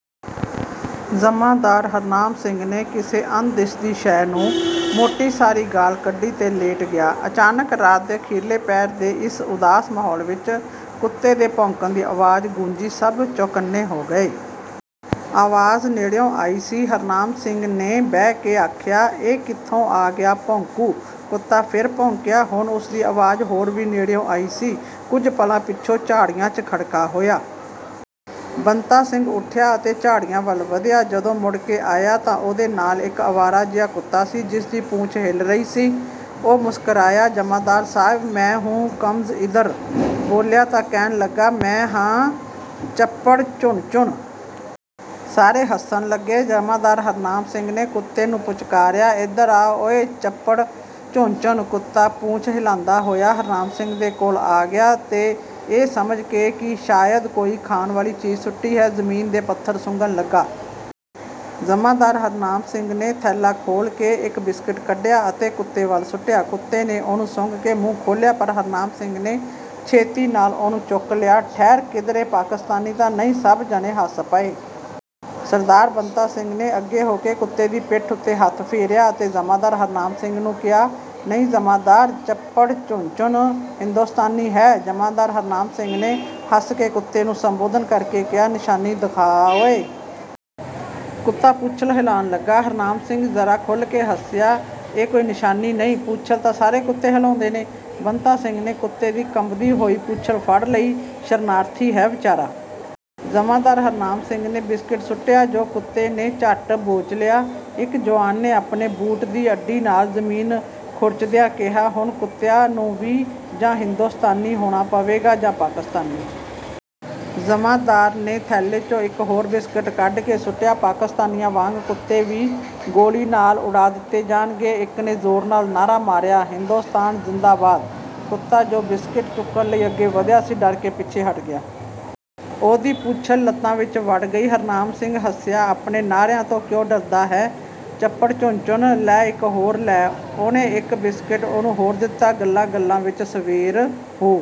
ਜਮਾਂਦਾਰ ਹਰਨਾਮ ਸਿੰਘ ਨੇ ਕਿਸੇ ਅਣਦਿਸਦੀ ਸ਼ੈਅ ਨੂੰ ਮੋਟੀ ਸਾਰੀ ਗਾਲ੍ਹ ਕੱਢੀ ਤੇ ਲੇਟ ਗਿਆ। ਅਚਾਨਕ ਰਾਤ ਦੇ ਅਖੀਰਲੇ ਪਹਿਰ ਦੇ ਇਸ ਉਦਾਸ ਮਾਹੌਲ ਵਿਚ ਕੁੱਤੇ ਦੇ ਭੌਂਕਣ ਦੀ ਆਵਾਜ਼ ਗੂੰਜੀ। ਸਭ ਚੌਕੰਨੇ ਹੋ ਗਏ। ਆਵਾਜ਼ ਨੇੜਿਓਂ ਆਈ ਸੀ। ਹਰਨਾਮ ਸਿੰਘ ਨੇ ਬਹਿ ਕੇ ਆਖਿਆ, "ਇਹ ਕਿਥੋਂ ਆ ਗਿਆ ਭੌਂਕੂ?" ਕੁੱਤਾ ਫਿਰ ਭੌਂਕਿਆ। ਹੁਣ ਉਸ ਦੀ ਆਵਾਜ਼ ਹੋਰ ਵੀ ਨੇੜਿਓਂ ਆਈ ਸੀ। ਕੁੱਝ ਪਲਾਂ ਪਿਛੋਂ ਝਾੜੀਆਂ 'ਚ ਖੜਕਾ ਹੋਇਆ। ਬੰਤਾ ਸਿੰਘ ਉਠਿਆ ਅਤੇ ਝਾੜੀਆਂ ਵੱਲ ਵਧਿਆ। ਜਦੋਂ ਮੁੜ ਕੇ ਆਇਆ ਤਾਂ ਉਹਦੇ ਨਾਲ ਇਕ ਅਵਾਰਾ ਜਿਹਾ ਕੁੱਤਾ ਸੀ, ਜਿਸਦੀ ਪੂਛ ਹਿੱਲ ਰਹੀ ਸੀ। ਉਹ ਮੁਸਕਰਾਇਆ, "ਜਮਾਂਦਾਰ ਸਾਹਿਬ! ਮੈਂ 'ਹੂ ਕਮਜ਼ ਇਧਰ' ਬੋਲਿਆ ਤਾਂ ਕਹਿਣ ਲੱਗਾ, ਮੈਂ ਹਾਂ ਚਪੜਝੁਣਝੁਣ।" ਸਾਰੇ ਹੱਸਣ ਲੱਗੇ। ਜਮਾਂਦਾਰ ਹਰਨਾਮ ਸਿੰਘ ਨੇ ਕੁੱਤੇ ਨੂੰ ਪੁਚਕਾਰਿਆ, "ਇਧਰ ਆ ਓਏ ਚਪੜਝੁਣਝੁਣ।" ਕੁੱਤਾ ਪੂਛ ਹਿਲਾਂਦਾ ਹੋਇਆ ਹਰਨਾਮ ਸਿੰਘ ਦੇ ਕੋਲ ਆ ਗਿਆ ਅਤੇ ਇਹ ਸਮਝ ਕੇ ਕਿ ਸ਼ਾਇਦ ਕੋਈ ਖਾਣ ਵਾਲੀ ਚੀਜ਼ ਸੁੱਟੀ ਹੈ, ਜ਼ਮੀਨ ਦੇ ਪੱਥਰ ਸੁੰਘਣ ਲੱਗਾ। ਜਮਾਂਦਾਰ ਹਰਨਾਮ ਸਿੰਘ ਨੇ ਥੈਲਾ ਖੋਲ੍ਹ ਕੇ ਇਕ ਬਿਸਕੁਟ ਕੱਢਿਆ ਅਤੇ ਕੁੱਤੇ ਵੱਲ ਸੁੱਟਿਆ। ਕੁੱਤੇ ਨੇ ਉਹਨੂੰ ਸੁੰਘ ਕੇ ਮੂੰਹ ਖੋਲ੍ਹਿਆ, ਪਰ ਹਰਨਾਮ ਸਿੰਘ ਨੇ ਛੇਤੀ ਨਾਲ ਉਹਨੂੰ ਚੁੱਕ ਲਿਆ। ਠਹਿਰ, ਕਿਧਰੇ ਪਾਕਿਸਤਾਨੀ ਤਾਂ ਨਹੀਂ, ਸਭ ਜਣੇ ਹੱਸ ਪਏ। ਸਰਦਾਰ ਬੰਤਾ ਸਿੰਘ ਨੇ ਅੱਗੇ ਹੋ ਕੇ ਕੁੱਤੇ ਦੀ ਪਿੱਠ ਉਤੇ ਹੱਥ ਫੇਰਿਆ ਅਤੇ ਜਮਾਂਦਾਰ ਹਰਨਾਮ ਸਿੰਘ ਨੂੰ ਕਿਹਾ, "ਨਹੀਂ ਜਮਾਂਦਾਰ, ਚਪੜਝੁਣਝੁਣ ਹਿੰਦੋਸਤਾਨੀ ਹੈ।" ਜਮਾਂਦਾਰ ਹਰਨਾਮ ਸਿੰਘ ਨੇ ਹੱਸ ਕੇ ਕੁੱਤੇ ਨੂੰ ਸੰਬੋਧਨ ਕਰ ਕੇ ਕਿਹਾ, "ਨਿਸ਼ਾਨੀ ਦਿਖਾ ਓਏ?" ਕੁੱਤਾ ਪੂਛਲ ਹਿਲਾਉਣ ਲੱਗਾ। ਹਰਨਾਮ ਸਿੰਘ ਜ਼ਰਾ ਖੁੱਲ੍ਹ ਕੇ ਹੱਸਿਆ। "ਇਹ ਕੋਈ ਨਿਸ਼ਾਨੀ ਨਹੀਂ, ਪੂਛਲ ਤਾਂ ਸਾਰੇ ਕੁੱਤੇ ਹਿਲਾਉਂਦੇ ਨੇ।" ਬੰਤਾ ਸਿੰਘ ਨੇ ਕੁੱਤੇ ਦੀ ਕੰਬਦੀ ਹੋਈ ਪੂਛਲ ਫੜ ਲਈ। "ਸ਼ਰਨਾਰਥੀ ਹੈ ਵਿਚਾਰਾ!" ਜਮਾਂਦਾਰ ਹਰਨਾਮ ਸਿੰਘ ਨੇ ਬਿਸਕੁਟ ਸੁੱਟਿਆ, ਜੋ ਕੁੱਤੇ ਨੇ ਝੱਟ ਬੋਚ ਲਿਆ। ਇਕ ਜੁਆਨ ਨੇ ਆਪਣੇ ਬੂਟ ਦੀ ਅੱਡੀ ਨਾਲ ਜ਼ਮੀਨ ਖੁਰਚਦਿਆਂ ਕਿਹਾ, "ਹੁਣ ਕੁੱਤਿਆਂ ਨੂੰ ਵੀ ਜਾਂ ਹਿੰਦੋਸਤਾਨੀ ਹੋਣਾ ਪਵੇਗਾ ਜਾਂ ਪਾਕਿਸਤਾਨੀ!" ਜਮਾਂਦਾਰ ਨੇ ਥੈਲੇ ਚੋਂ ਇਕ ਹੋਰ ਬਿਸਕੁਟ ਕੱਢ ਕੇ ਸੁੱਟਿਆ, "ਪਾਕਿਸਤਾਨੀਆਂ ਵਾਂਗ ਕੁੱਤੇ ਵੀ ਗੋਲੀ ਨਾਲ ਉਡਾ ਦਿੱਤੇ ਜਾਣਗੇ।" ਇਕ ਨੇ ਜ਼ੋਰ ਨਾਲ ਨਾਅਰਾ ਮਾਰਿਆ, "ਹਿੰਦੋਸਤਾਨ ਜ਼ਿੰਦਾਬਾਦ।" ਕੁੱਤਾ ਜੋ ਬਿਸਕੁਟ ਚੁੱਕਣ ਲਈ ਅੱਗੇ ਵਧਿਆ ਸੀ, ਡਰ ਕੇ ਪਿੱਛੇ ਹਟ ਗਿਆ। ਉਹਦੀ ਪੂਛਲ ਲੱਤਾਂ ਵਿਚ ਵੜ ਗਈ। ਹਰਨਾਮ ਸਿੰਘ ਹੱਸਿਆ, "ਆਪਣੇ ਨਾਅਰਿਆਂ ਤੋਂ ਕਿਓਂ ਡਰਦਾ ਹੈਂ ਚਪੜਝੁਣਝੁਣ, ਲੈ ਇਕ ਹੋਰ ਲੈ।" ਉਹਨੇ ਇਕ ਬਿਸਕੁਟ ਉਹਨੂੰ ਹੋਰ ਦਿੱਤਾ। ਗੱਲਾਂ-ਗੱਲਾਂ ਵਿਚ ਸਵੇਰ ਹੋ